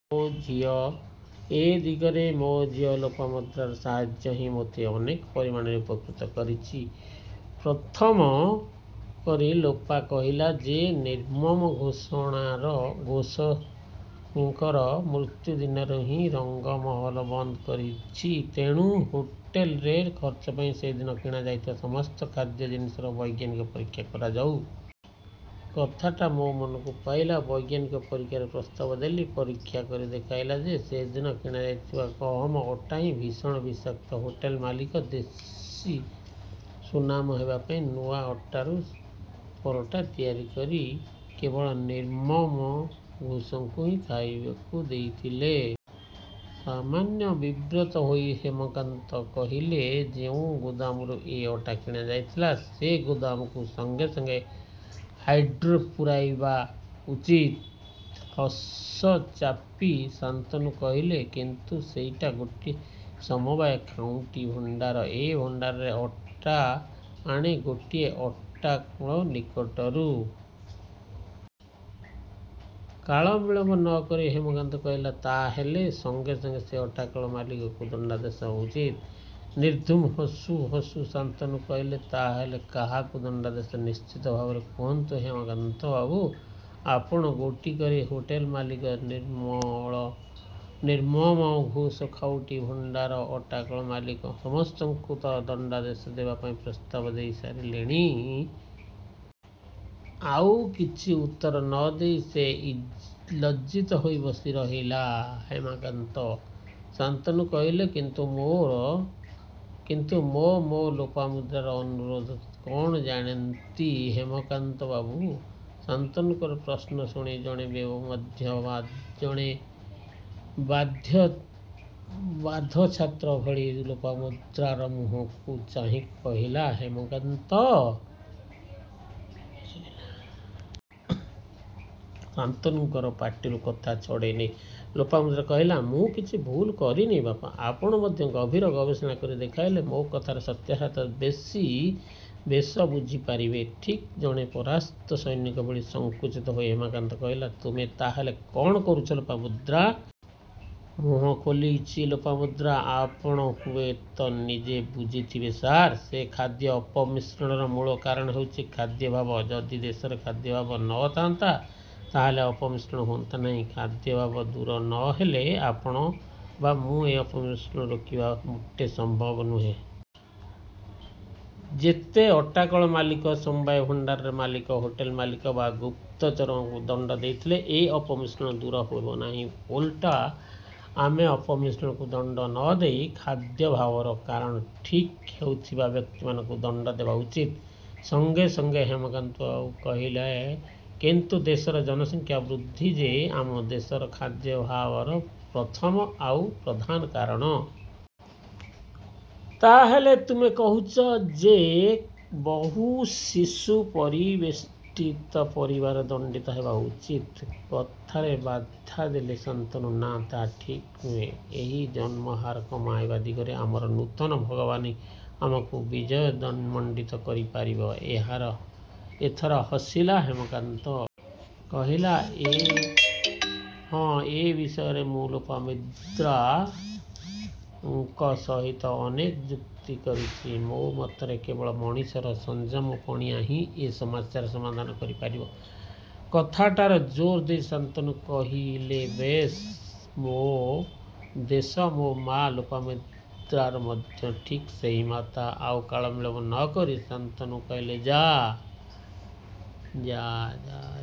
ଏ ଦିଗରେ ମୋ ଝିଅ ଲୋପାମୁଦ୍ରାର ସାହାର୍ଯ୍ୟ ହିଁ ,ମୋତେ ଅନେକ ପରିମାଣରେ ଉପକୃତ କରିଛି। ପ୍ରଥମ କରି ଲୋପା କହିଲା ଯେ ନିର୍ମମ ଘୋଷଙ୍କର ମୃତ୍ୟୁ ଦିନରୁ ହିଁ, ରଙ୍ଗମହଲ ବନ୍ଦ୍ ରହିଛି। ତେଣୁ ହୋଟେଲରେ ଖର୍ଚ୍ଚପାଇଁ ସେଦିନ କିଣା ଯାଇଥିବା ସମସ୍ତ ଖାଦ୍ୟ ଜିନିଷର ବୈଜ୍ଞାନିକ ପରୀକ୍ଷା କରାଯାଉ। କଥାଟା ମୋ ମନକୁ ପାଇଲା। ବୈଜ୍ଞାନିକ ପରୀକ୍ଷାର ପ୍ରସ୍ତାବ ଦେଲି। ପରୀକ୍ଷା କରି ଦେଖାଇଲା ଯେ ସେଦିନ କିଣା ଯାଇଥିବା ଗହମ ଅଟା ହିଁ ଭୀଷଣ ବିଷାକ୍ତ। ହୋଟେଲ ମାଲିକ ଦେଶୀ ସୁନାମ ନେବାପାଇଁ ନୂଆ ଅଟାରୁ ପରଟ୍ଟା ତିଆରି କରି କେବଳ ନିର୍ମମ ଘୋଷଙ୍କୁ ହିଁ ଖାଇବାକୁ ଦେଇଥିଲେ। ସାମାନ୍ୟ ବିବ୍ରତ ହୋଇ ହେମକାନ୍ତ କହିଲେ "ଯେଉଁ ଗୋଦାମରୁ ସେ ଅଟା କିଣା ଯାଇଥିଲା, ସେ ଗୋଦାମକୁ ସଙ୍ଗେ ସଙ୍ଗେ ହାଇଡ୍ରୋ ପୂରାଇବା ଉଚିତ। ହସ ଚାପି ଶାନ୍ତନୁ କହିଲେ କିନ୍ତୁ ସେଇଟା ଗୋଟିଏ ସମବାୟ ଖାଉଟି ଭଣ୍ଡାର। ଏ ଭଣ୍ଡାରରେ ଅଟା ଆଣି ଗୋଟିଏ ଅଟାକଳ ନିକଟରୁ। କାଳବିଳମ୍ବ ନ କରି ହେମକାନ୍ତ କହିଲା, ତା' ହେଲେ ସଙ୍ଗେ ସଙ୍ଗେ ସେ ଅଟାକଳ ମାଲିକଙ୍କୁ ଦଣ୍ଡଦେଶ ଉଚିତ। ନିର୍ଧୂମ ହସୁ ହସୁ ଶାନ୍ତନୁ କହିଲେ, ତା'ହେଲେ କାହାକୁ ଦଣ୍ଡଦେଶ ନିଶ୍ଚିତ ଭାବରେ କୁହନ୍ତୁ ହେମକାନ୍ତ ବାବୁ। ଆପଣ ଗୋଟି କରି ହୋଟେଲ ମାଲିକ, ନିର୍ମମ ଘୋଷ, ଖାଉଟି ଭଣ୍ଡାର, ଅଟାକଳ ମାଲିକ ସମସ୍ତଙ୍କୁ ତ' ଦଣ୍ଡଦେଶ ପାଇଁ ପ୍ରସ୍ତାବ ଦେଇ ସାରିଲେଣି। ଆଉ କିଛି ଉତ୍ତର ନ ଦେଇ ଲଜ୍ଜିତ ହୋଇ ବସି ରହିଲା ହେମକାନ୍ତ। ଶାନ୍ତନୁ କହିଲେ କିନ୍ତୁ ମୋ ମୋ ଲୋପାମୁଦ୍ରାର ଅନୁରୋଧ କ'ଣ ଜାଣନ୍ତି ହେମକାନ୍ତ ବାବୁ? ଶାନ୍ତନୁଙ୍କର ପ୍ରଶ୍ନ ଶୁଣି ଜଣେ ବାଧ୍ୟ ଛାତ୍ର ଭଳି ଲୋପାମୁଦ୍ରାର ମୁହଁକୁ ଚାହିଁ ରହିଲା ହେମକାନ୍ତ। ଶାନ୍ତନୁଙ୍କର ପାଟିରୁ କଥା ଛଡ଼େଇ ନେଇ ଲୋପାମୁଦ୍ରା। କହିଲା "ମୁଁ କିଛି ଭୁଲ୍ କରିନି ବାପା, ଆପଣ ମଧ୍ୟ ଗଭୀର ଗବେଷଣା କରି ଦେଖିଲେ ମୋ କଥାର ସତ୍ୟାସତ୍ୟ ବେଶ ବୁଝି ପାରିବେ। ଠିକ୍ ଜଣେ ପରାସ୍ତ ସୈନିକ ଭଳି ସଂକୁଚିତ ହୋଇ ହେମକାନ୍ତ କହିଲା ,ତୁମେ ତା' ହେଲେ କ'ଣ କରୁଛ ଲୋପାମୁଦ୍ରା? ମୁହଁ ଖୋଲିଛି ଲୋପାମୁଦ୍ରା। ''ଆପଣ ହୁଏତ ନିଜେ ବୁଝୁଥିବେ ସାର୍, ଯେ ଖାଦ୍ୟ ଅପମିଶ୍ରଣର ମୂଳ କାରଣ ହେଉଛି ଖାଦ୍ୟାଭାବ। ଯଦି ଦେଶରେ ଖାଦ୍ୟାଭାବ ନ ଥାନ୍ତା ତେବେ ଅପମିଶ୍ରଣ ହୁଅନ୍ତା ନାହିଁ। ଖାଦ୍ୟାଭାବ ଦୂର ନ ହେଲେ ଆପଣ ବା ମୁଁ ଏ ଅପମିଶ୍ରଣକୁ ରୋକିବା ମୋଟେ ସମ୍ଭବ ନୁହେଁ। ଯେତେ ଅଟାକଳ ମାଲିକ, ସମବାୟ ଭଣ୍ଡାରର ମାଲିକ, ହୋଟେଲ ମାଲିକ ବା ଗୁପ୍ତଚରଙ୍କୁ ଦଣ୍ଡ ଦେଲେ ଏ ଅପମିଶ୍ରଣ ଦୂର ହେବନାହିଁ। ଓଲଟି ଆମେ ଅପମିଶ୍ରଣକାରୀଙ୍କୁ ଦଣ୍ତ ନ ଦେଇ ଖାଦ୍ୟଭାବର କାରଣଭାବେ ଠିଆ ହେଉଥିବା ବ୍ୟକ୍ତିମାନଙ୍କୁ ଦଣ୍ଡ ଦେବା ଉଚିତ। ସଙ୍ଗେ ସଙ୍ଗେ ହେମକାନ୍ତ କହିଲାକିନ୍ତୁ ଦେଶର ଜନସଂଖ୍ୟା ବୃଦ୍ଧି ଯେ ଆମ ଦେଶର ଖାଦ୍ୟାଭାବର ପ୍ରଥମ ଆଉ ପ୍ରଧାନ କାରଣ। ତା'ହେଲେ ତୁମେ କହୁଛ ଯେ ବହୁ ଶିଶୁ ପରିବେଷ୍ଟିତ ପରିବାର ଦଣ୍ଡିତ ହେବା ଉଚିତ। କଥାରେ ବାଧା ଦେଲେ ଶାନ୍ତନୁ ''ନାଁ ଠିକ୍ ତା' ନୁହେଁ, ଏହି ଜନ୍ମହାର କମାଇବା ଦିଗରେ ଆମର ନୂତନ ଉଦ୍ଭାବନ ହିଁ ଆମକୁ ବିଜୟ ମଣ୍ଡିତ କରି ପାରିବ। ଏଥର ହସିଲା ହେମକାନ୍ତ। କହିଲା ,ହଁ ଏ ବିଷୟରେ ମୁଁ ଲୋପାମୁଦ୍ରାଙ୍କ ସହିତ ଅନେକ ଯୁକ୍ତି କରିଛି। ମୋ ମତରେ କେବଳ ମଣିଷର ସଂଯମ ପଣିଆଁ ହିଁ ଏ ସମସ୍ୟାର ସମାଧାନ କରି ପାରିବ। କଥାଟାରେ ଜୋର ଦେଇ ଶାନ୍ତନୁ କହିଲେବେଶ୍ ବେଶ ମୋ ମାଆ ଲୋପାମୁଦ୍ରାର ମଧ୍ୟ ଠିକ୍ ସେହି ମତ। ଆଉ କାଳବିଳମ୍ବ ନ କରି ଶାନ୍ତନ କହିଲେ ଯା |